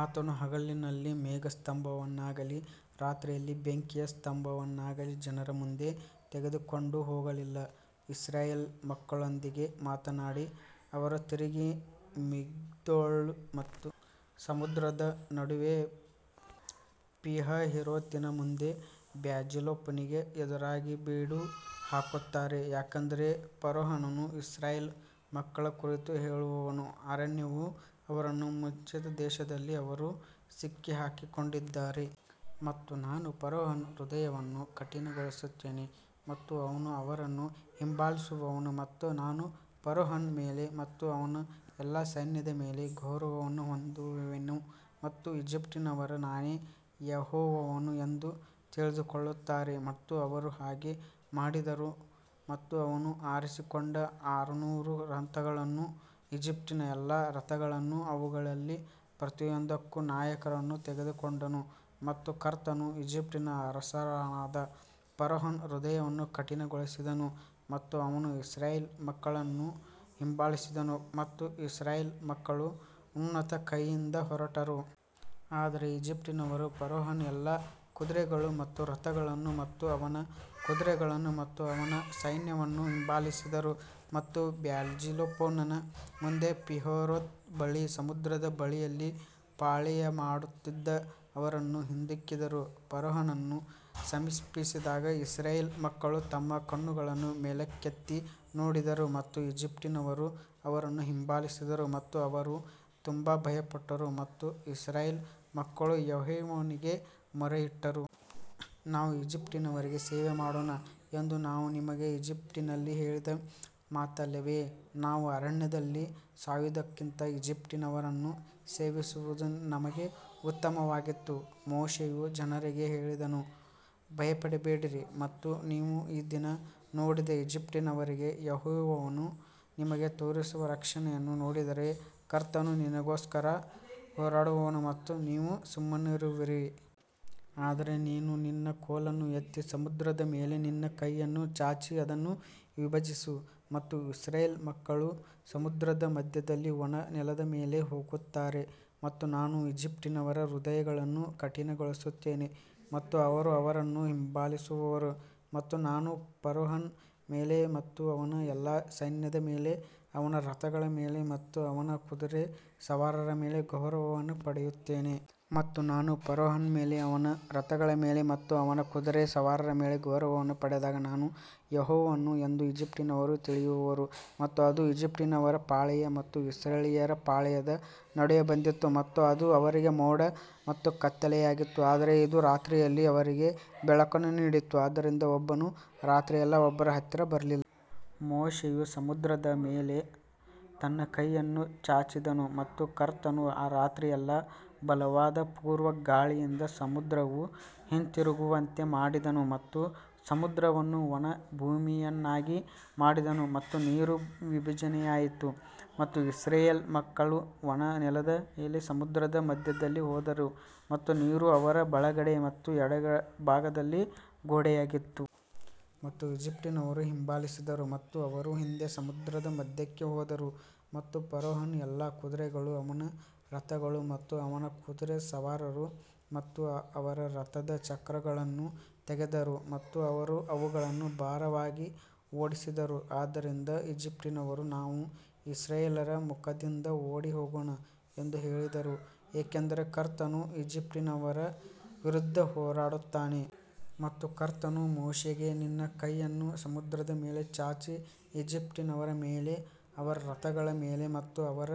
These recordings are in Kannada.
ಆತನು ಹಗಲಿನಲ್ಲಿ ಮೇಘಸ್ತಂಭವನ್ನಾಗಲಿ ರಾತ್ರಿಯಲ್ಲಿ ಬೆಂಕಿಯ ಸ್ತಂಭವನ್ನಾಗಲಿ ಜನರ ಮುಂದೆ ತೆಗೆದುಕೊಂಡು ಹೋಗಲಿಲ್ಲ. ಇಸ್ರಾಯೇಲ್ ಮಕ್ಕಳೊಂದಿಗೆ ಮಾತನಾಡಿ ಅವರು ತಿರುಗಿ ಮಿಗ್ದೋಲ್ ಮತ್ತು ಸಮುದ್ರದ ನಡುವೆ ಪಿಹಹೀರೋತಿನ ಮುಂದೆ ಬಾಲ್ಜೆಫೋನಿಗೆ ಎದುರಾಗಿ ಬೀಡು ಹಾಕುತ್ತಾರೆ. ಯಾಕಂದರೆ ಫರೋಹನು ಇಸ್ರಾಯೇಲ್ ಮಕ್ಕಳ ಕುರಿತು ಹೇಳುವನು ಅರಣ್ಯವು ಅವರನ್ನು ಮುಚ್ಚಿದ ದೇಶದಲ್ಲಿ ಅವರು ಸಿಕ್ಕಿಹಾಕಿಕೊಂಡಿದ್ದಾರೆ. ಮತ್ತು ನಾನು ಫರೋಹನ ಹೃದಯವನ್ನು ಕಠಿಣಗೊಳಿಸುತ್ತೇನೆ ಮತ್ತು ಅವನು ಅವರನ್ನು ಹಿಂಬಾಲಿಸುವನು ಮತ್ತು ನಾನು ಫರೋಹನ ಮೇಲೆ ಮತ್ತು ಅವನ ಎಲ್ಲಾ ಸೈನ್ಯದ ಮೇಲೆ ಗೌರವವನ್ನು ಹೊಂದುವೆನು ಮತ್ತು ಈಜಿಪ್ಟಿನವರು ನಾನೇ ಯೆಹೋವನು ಎಂದು ತಿಳಿದುಕೊಳ್ಳುತ್ತಾರೆ ಮತ್ತು ಅವರು ಹಾಗೆ ಮಾಡಿದರು. ಮತ್ತು ಅವನು ಆರಿಸಿಕೊಂಡ ಆರುನೂರು ರಥಗಳನ್ನೂ ಈಜಿಪ್ಟಿನ ಎಲ್ಲಾ ರಥಗಳನ್ನೂ ಅವುಗಳಲ್ಲಿ ಪ್ರತಿಯೊಂದಕ್ಕೂ ನಾಯಕರನ್ನು ತೆಗೆದುಕೊಂಡನು ಮತ್ತು ಕರ್ತನು ಈಜಿಪ್ಟಿನ ಅರಸನಾದ ಫರೋಹನ ಹೃದಯವನ್ನು ಕಠಿಣಗೊಳಿಸಿದನು ಮತ್ತು ಅವನು ಇಸ್ರಾಯೇಲ್ ಮಕ್ಕಳನ್ನು ಹಿಂಬಾಲಿಸಿದನು ಮತ್ತು ಇಸ್ರಾಯೇಲ್ ಮಕ್ಕಳು ಉನ್ನತ ಕೈಯಿಂದ ಹೊರಟರು. ಆದರೆ ಈಜಿಪ್ಟಿನವರು ಫರೋಹನ ಎಲ್ಲಾ ಕುದುರೆಗಳು ಮತ್ತು ರಥಗಳನ್ನು ಮತ್ತು ಅವನ ಕುದುರೆಗಳನ್ನು ಮತ್ತು ಅವನ ಸೈನ್ಯವನ್ನು ಹಿಂಬಾಲಿಸಿದರು ಮತ್ತು ಬಾಲ್ಜೆಫೋನನ ಮುಂದೆ ಪೀಹಹೀರೋತ್ ಬಳಿ ಸಮುದ್ರದ ಬಳಿಯಲ್ಲಿ ಪಾಳೆಯಮಾಡುತ್ತಿದ್ದ ಅವರನ್ನು ಹಿಂದಿಕ್ಕಿದರು. ಫರೋಹನು ಸಮೀಪಿಸಿದಾಗ ಇಸ್ರಾಯೇಲ್ ಮಕ್ಕಳು ತಮ್ಮ ಕಣ್ಣುಗಳನ್ನು ಮೇಲಕ್ಕೆತ್ತಿ ನೋಡಿದರು ಮತ್ತು ಈಜಿಪ್ಟಿನವರು ಅವರನ್ನು ಹಿಂಬಾಲಿಸಿದರು ಮತ್ತು ಅವರು ತುಂಬಾ ಭಯಪಟ್ಟರು ಮತ್ತು ಇಸ್ರಾಯೇಲ್ ಮಕ್ಕಳು ಯೆಹೋವನಿಗೆ ಮೊರೆಯಿಟ್ಟರು. ನಾವು ಈಜಿಪ್ಟಿನವರಿಗೆ ಸೇವೆ ಮಾಡೋಣ ಎಂದು ನಾವು ನಿಮಗೆ ಈಜಿಪ್ಟಿನಲ್ಲಿ ಹೇಳಿದ ಮಾತಲ್ಲವೇ. ನಾವು ಅರಣ್ಯದಲ್ಲಿ ಸಾಯುವುದಕ್ಕಿಂತ ಈಜಿಪ್ಟಿನವರನ್ನು ಸೇವಿಸುವುದು ನಮಗೆ ಉತ್ತಮವಾಗಿತ್ತು. ಮೋಶೆಯು ಜನರಿಗೆ ಹೇಳಿದನು ಭಯಪಡಬೇಡಿರಿ ಮತ್ತು ನೀವು ಈ ದಿನ ನೋಡಿದ ಈಜಿಪ್ಟಿನವರಿಗೆ ಯೆಹೋವನು ನಿಮಗೆ ತೋರಿಸುವ ರಕ್ಷಣೆಯನ್ನು ನೋಡಿರಿ. ಕರ್ತನು ನಿನಗೋಸ್ಕರ ಹೋರಾಡುವನು ಮತ್ತು ನೀವು ಸುಮ್ಮನಿರುವಿರಿ. ಆದರೆ ನೀನು ನಿನ್ನ ಕೋಲನ್ನು ಎತ್ತಿ ಸಮುದ್ರದ ಮೇಲೆ ನಿನ್ನ ಕೈಯನ್ನು ಚಾಚಿ ಅದನ್ನು ವಿಭಜಿಸು ಮತ್ತು ಇಸ್ರಾಯೇಲ್ ಮಕ್ಕಳು ಸಮುದ್ರದ ಮಧ್ಯದಲ್ಲಿ ಒಣ ನೆಲದ ಮೇಲೆ ಹೋಗುತ್ತಾರೆ. ಮತ್ತು ನಾನು ಈಜಿಪ್ಟಿನವರ ಹೃದಯಗಳನ್ನು ಕಠಿಣಗೊಳಿಸುತ್ತೇನೆ ಮತ್ತು ಅವರು ಅವರನ್ನು ಹಿಂಬಾಲಿಸುವರು ಮತ್ತು ನಾನು ಫರೋಹನ ಮೇಲೆ ಮತ್ತು ಅವನ ಎಲ್ಲಾ ಸೈನ್ಯದ ಮೇಲೆ ಅವನ ರಥಗಳ ಮೇಲೆ ಮತ್ತು ಅವನ ಕುದುರೆ ಸವಾರರ ಮೇಲೆ ಗೌರವವನ್ನು ಪಡೆಯುತ್ತೇನೆ. ಮತ್ತು ನಾನು ಫರೋಹನ ಮೇಲೆ ಅವನ ರಥಗಳ ಮೇಲೆ ಮತ್ತು ಅವನ ಕುದುರೆ ಸವಾರರ ಮೇಲೆ ಗೌರವವನ್ನು ಪಡೆದಾಗ ನಾನು ಯೆಹೋವನು ಎಂದು ಈಜಿಪ್ಟಿನವರು ತಿಳಿಯುವರು. ಮತ್ತು ಅದು ಈಜಿಪ್ಟಿನವರ ಪಾಳೆಯ ಮತ್ತು ಇಸ್ರಾಯೇಲ್ಯರ ಪಾಳೆಯದ ನಡುವೆ ಬಂದಿತು ಮತ್ತು ಅದು ಅವರಿಗೆ ಮೋಡ ಮತ್ತು ಕತ್ತಲೆಯಾಗಿತ್ತು ಆದರೆ ಇದು ರಾತ್ರಿಯಲ್ಲಿ ಅವರಿಗೆ ಬೆಳಕನ್ನು ನೀಡಿತು ಆದ್ದರಿಂದ ಒಬ್ಬನು ರಾತ್ರಿಯೆಲ್ಲಾ ಒಬ್ಬರ ಹತ್ತಿರ ಬರಲಿಲ್ಲ. ಮೋಶೆಯು ಸಮುದ್ರದ ಮೇಲೆ ತನ್ನ ಕೈಯನ್ನು ಚಾಚಿದನು ಮತ್ತು ಕರ್ತನು ಆ ರಾತ್ರಿಯೆಲ್ಲಾ ಬಲವಾದ ಪೂರ್ವ ಗಾಳಿಯಿಂದ ಸಮುದ್ರವು ಹಿಂತಿರುಗುವಂತೆ ಮಾಡಿದನು ಮತ್ತು ಸಮುದ್ರವನ್ನು ಒಣ ಭೂಮಿಯನ್ನಾಗಿ ಮಾಡಿದನು ಮತ್ತು ನೀರು ವಿಭಜನೆಯಾಯಿತು. ಮತ್ತು ಇಸ್ರಾಯೇಲ್ ಮಕ್ಕಳು ಒಣ ನೆಲದ ಮೇಲೆ ಸಮುದ್ರದ ಮಧ್ಯದಲ್ಲಿ ಹೋದರು ಮತ್ತು ನೀರು ಅವರ ಬಲಗಡೆ ಮತ್ತು ಎಡಭಾಗದಲ್ಲಿ ಗೋಡೆಯಾಗಿತ್ತು. ಮತ್ತು ಈಜಿಪ್ಟಿನವರು ಹಿಂಬಾಲಿಸಿದರು ಮತ್ತು ಅವರ ಹಿಂದೆ ಸಮುದ್ರದ ಮಧ್ಯಕ್ಕೆ ಹೋದರು ಮತ್ತು ಫರೋಹನ ಎಲ್ಲಾ ಕುದುರೆಗಳು ಅವನ ರಥಗಳು ಮತ್ತು ಅವನ ಕುದುರೆ ಸವಾರರು ಮತ್ತು ಅವರ ರಥದ ಚಕ್ರಗಳನ್ನು ತೆಗೆದರು ಮತ್ತು ಅವರು ಅವುಗಳನ್ನು ಭಾರವಾಗಿ ಓಡಿಸಿದರು. ಆದ್ದರಿಂದ ಈಜಿಪ್ಟಿನವರು ನಾವು ಇಸ್ರಾಯೇಲ್ಯರ ಮುಖದಿಂದ ಓಡಿಹೋಗೋಣ ಎಂದು ಹೇಳಿದರು ಏಕೆಂದರೆ ಕರ್ತನು ಈಜಿಪ್ಟಿನವರ ವಿರುದ್ಧ ಹೋರಾಡುತ್ತಾನೆ. ಮತ್ತು ಕರ್ತನು ಮೋಶೆಗೆ ನಿನ್ನ ಕೈಯನ್ನು ಸಮುದ್ರದ ಮೇಲೆ ಚಾಚಿ ಈಜಿಪ್ಟಿನವರ ಮೇಲೆ ಅವರ ರಥಗಳ ಮೇಲೆ ಮತ್ತು ಅವರ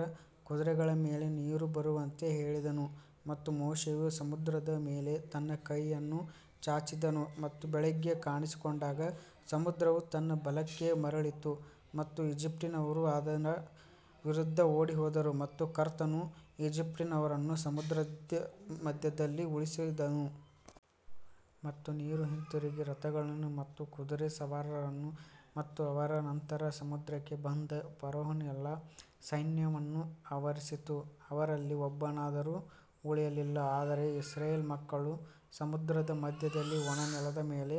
ಕುದುರೆಗಳ ಮೇಲೆ ನೀರು ಬರುವಂತೆ ಹೇಳಿದನು. ಮತ್ತು ಮೋಶೆಯು ಸಮುದ್ರದ ಮೇಲೆ ತನ್ನ ಕೈಯನ್ನು ಚಾಚಿದನು ಮತ್ತು ಬೆಳಿಗ್ಗೆ ಕಾಣಿಸಿಕೊಂಡಾಗ ಸಮುದ್ರವು ತನ್ನ ಬಲಕ್ಕೆ ಮರಳಿತು ಮತ್ತು ಈಜಿಪ್ಟಿನವರು ಅದರ ವಿರುದ್ಧ ಓಡಿಹೋದರು ಮತ್ತು ಕರ್ತನು ಈಜಿಪ್ಟಿನವರನ್ನು ಸಮುದ್ರದ ಮಧ್ಯದಲ್ಲಿ ಉರುಳಿಸಿದನು. ಮತ್ತು ನೀರು ಹಿಂತಿರುಗಿ ರಥಗಳನ್ನು ಮತ್ತು ಕುದುರೆ ಸವಾರರನ್ನು ಮತ್ತು ಅವರ ನಂತರ ಸಮುದ್ರಕ್ಕೆ ಬಂದ ಫರೋಹನ ಎಲ್ಲಾ ಸೈನ್ಯವನ್ನು ಆವರಿಸಿತು ಅವರಲ್ಲಿ ಒಬ್ಬನಾದರೂ ಉಳಿಯಲಿಲ್ಲ. ಆದರೆ ಇಸ್ರಾಯೇಲ್ ಮಕ್ಕಳು ಸಮುದ್ರದ ಮಧ್ಯದಲ್ಲಿ ಒಣ ನೆಲದ ಮೇಲೆ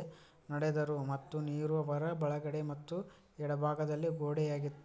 ನಡೆದರು ಮತ್ತು ನೀರು ಅವರ ಬಲಗಡೆ ಮತ್ತು ಎಡಭಾಗದಲ್ಲಿ ಗೋಡೆಯಾಗಿತ್ತು.